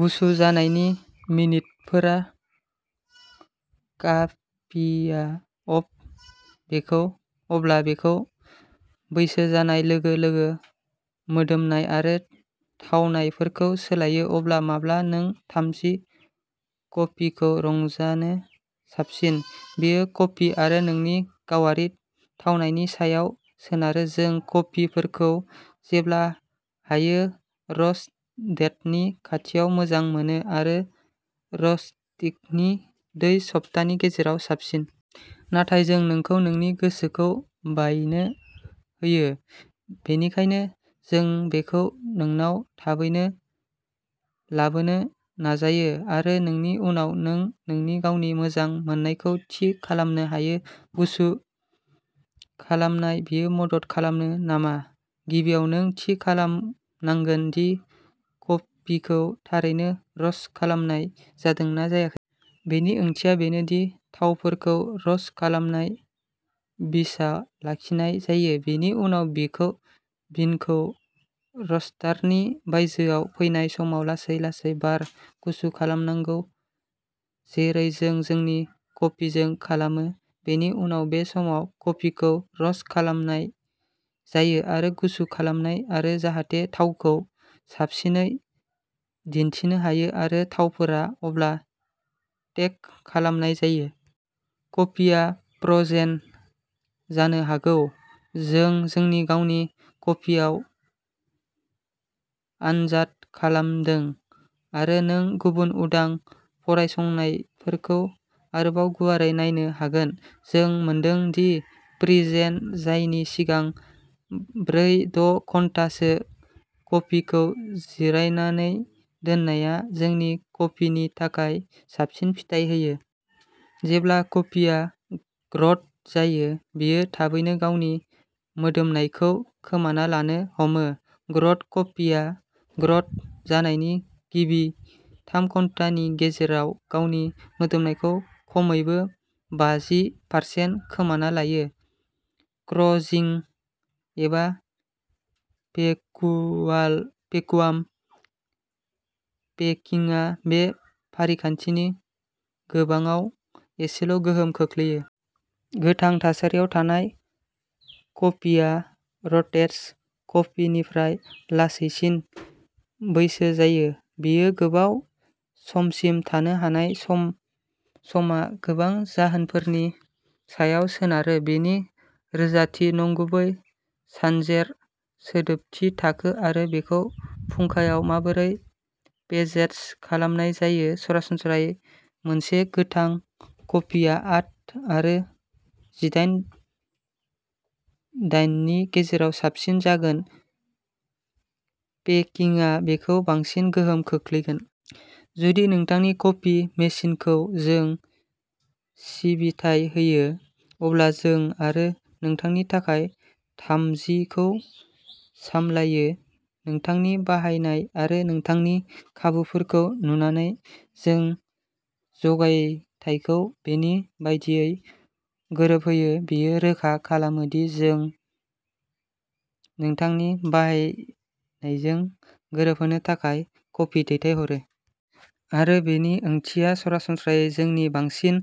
गुसु जानायनि मिनिटफोर। कफिआ अब्ला बेखौ बैसो जानाय लोगो-लोगो मोदोमनाय आरो थावनायफोरखौ सोलायो। अब्ला माब्ला नों थाजिम कफिखौ रंजानो साबसिन बेयो कफि आरो नोंनि गावारि थावनायनि सायाव सोनारो। जों कफिफोरखौ जेसेबां हायो रस्ट डेटनि खाथियाव मोजां मोनो, आरो रस्टिंनि नै सप्तानि गेजेराव साबसिन। नाथाय जों नोंखौ नोंनि गोसोखौ बानायनो होयो, बेनिखायनो जों बेखौ नोंनाव थाबैनो लाबोनो नाजायो, आरो बेनि उनाव नों नोंनि गावनि मोजां मोननायखौ थि खालामनो हायो। गुसु खालामनाय बेयो मदद खालामो नामा? गिबियाव नों थि खालामनांगोन दि कफिखौ थारै रस्ट खालामनाय जादों ना जायाखै। बेनि ओंथिया बेनो दि थावफोरखौ रस्ट खालामनाय बिनआव लाखिनाय जायो। बेनि उनाव बिनखौ रस्टारनि बायजोआव फैनाय समाव लासै-लासै बार गुसु खालामनांगौ, जेरै जों जोंनि कफिजों खालामो। बेनि उनाव बे समाव कफिखौ रस्ट खालामनाय जायो आरो गुसु खालामनाय जायो जाहाथे थावखौ साबसिनै दिन्थिनो हायो आरो थावफोरा अब्ला टेक खालामनाय जायो। कफिआ फ्र'जेन जानो हागौ। जों जोंनि गावनि कफिआव आनजाद खालामदों आरो नों गुबुन उदां फरायसंनायफोरखौ आरोबाव गुवारै नायनो हागोन। जों मोनदों दि फ्र'जेन जानायनि सिगां ब्रै द' घन्टासो कफिखौ जिरायनानै दोननाया जोंनि कफिनि थाखाय साबसिन फिथाय होयो। जेब्ला कफिआ ग्र'न्ड जायो, बेयो थाबैनो गावनि मोदोमनायखौ खोमाना लानो हमो। ग्र'न्ड कफिआ ग्र'न्ड जानायनि गिबि थाम घन्टानि गेजेराव गावनि मोदोमनायखौ खमैबो बाजि पारसेन्ट खोमाना लायो। फ्र'जिं एबा भेकुवाम पेकिंआ बे फारिखान्थिनि गोबावआव एसेल'गोहोम खोख्लैयो। गोथां थासारियाव थानाय कफिआ र'स्टेड कफिनिख्रुइ लासैसिन बैसो जायो। बेयो गोबाव समसिम थानो हानाय समा गोबां जाहोनफोरनि सायाव सोनारो। बिननि रोजाथि, नंगुबै सानजेर सिदोबथि थाखो आरो बेखौ फुंखायाव माबोरै पेकेज खालामनाय जायो। सरासनस्रायै मोनसे गोथां कफिआ दाइन आरो जिदाइन दाननि गेजेराव साबसिन जागोन, पेकिंआ बेखौ बांसिन गोहोम खोख्लैगोन। जुदि नोंथांनि कफि मेसिनखौ जों सिबिथाय होयो, अब्ला जों आरो नोंथांनि थाखाय थाजिमथिखौ सामलायो। नोंथांनि बाहायनाय आरो नोंथांनि खाबुफोरखौ नुनानै जों जगायथायखौ बेनि बायदियै गोरोबहोयो। बेयो रोखा खालामो दि जों नोंथांनि बाहायनायजों गोरोबनो थाखाय कफि दैथायहरो। आरो बेनि ओंथिया सरासनस्रायै जोंनि बांसिन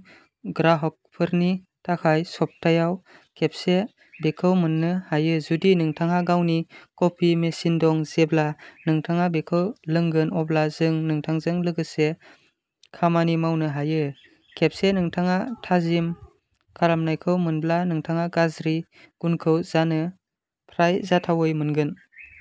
ग्राहकफोरनि थाखाय सप्तायाव खेबसे। बेखौ मोन्नो हायो जुदि नोंथांहा गावनि कफि मेसिन दं। जेब्ला नोंथाङा बेखौ लोंगोन अब्ला जों नोंथांजों लोगोसे खामानि मावनो हायो। खेबसे नोंथाङा थाजिम थावनायखौ मोनब्ला नोंथाङा गाज्रि गुनखौ जाजानो फ्राय जाथावै मोनगोन।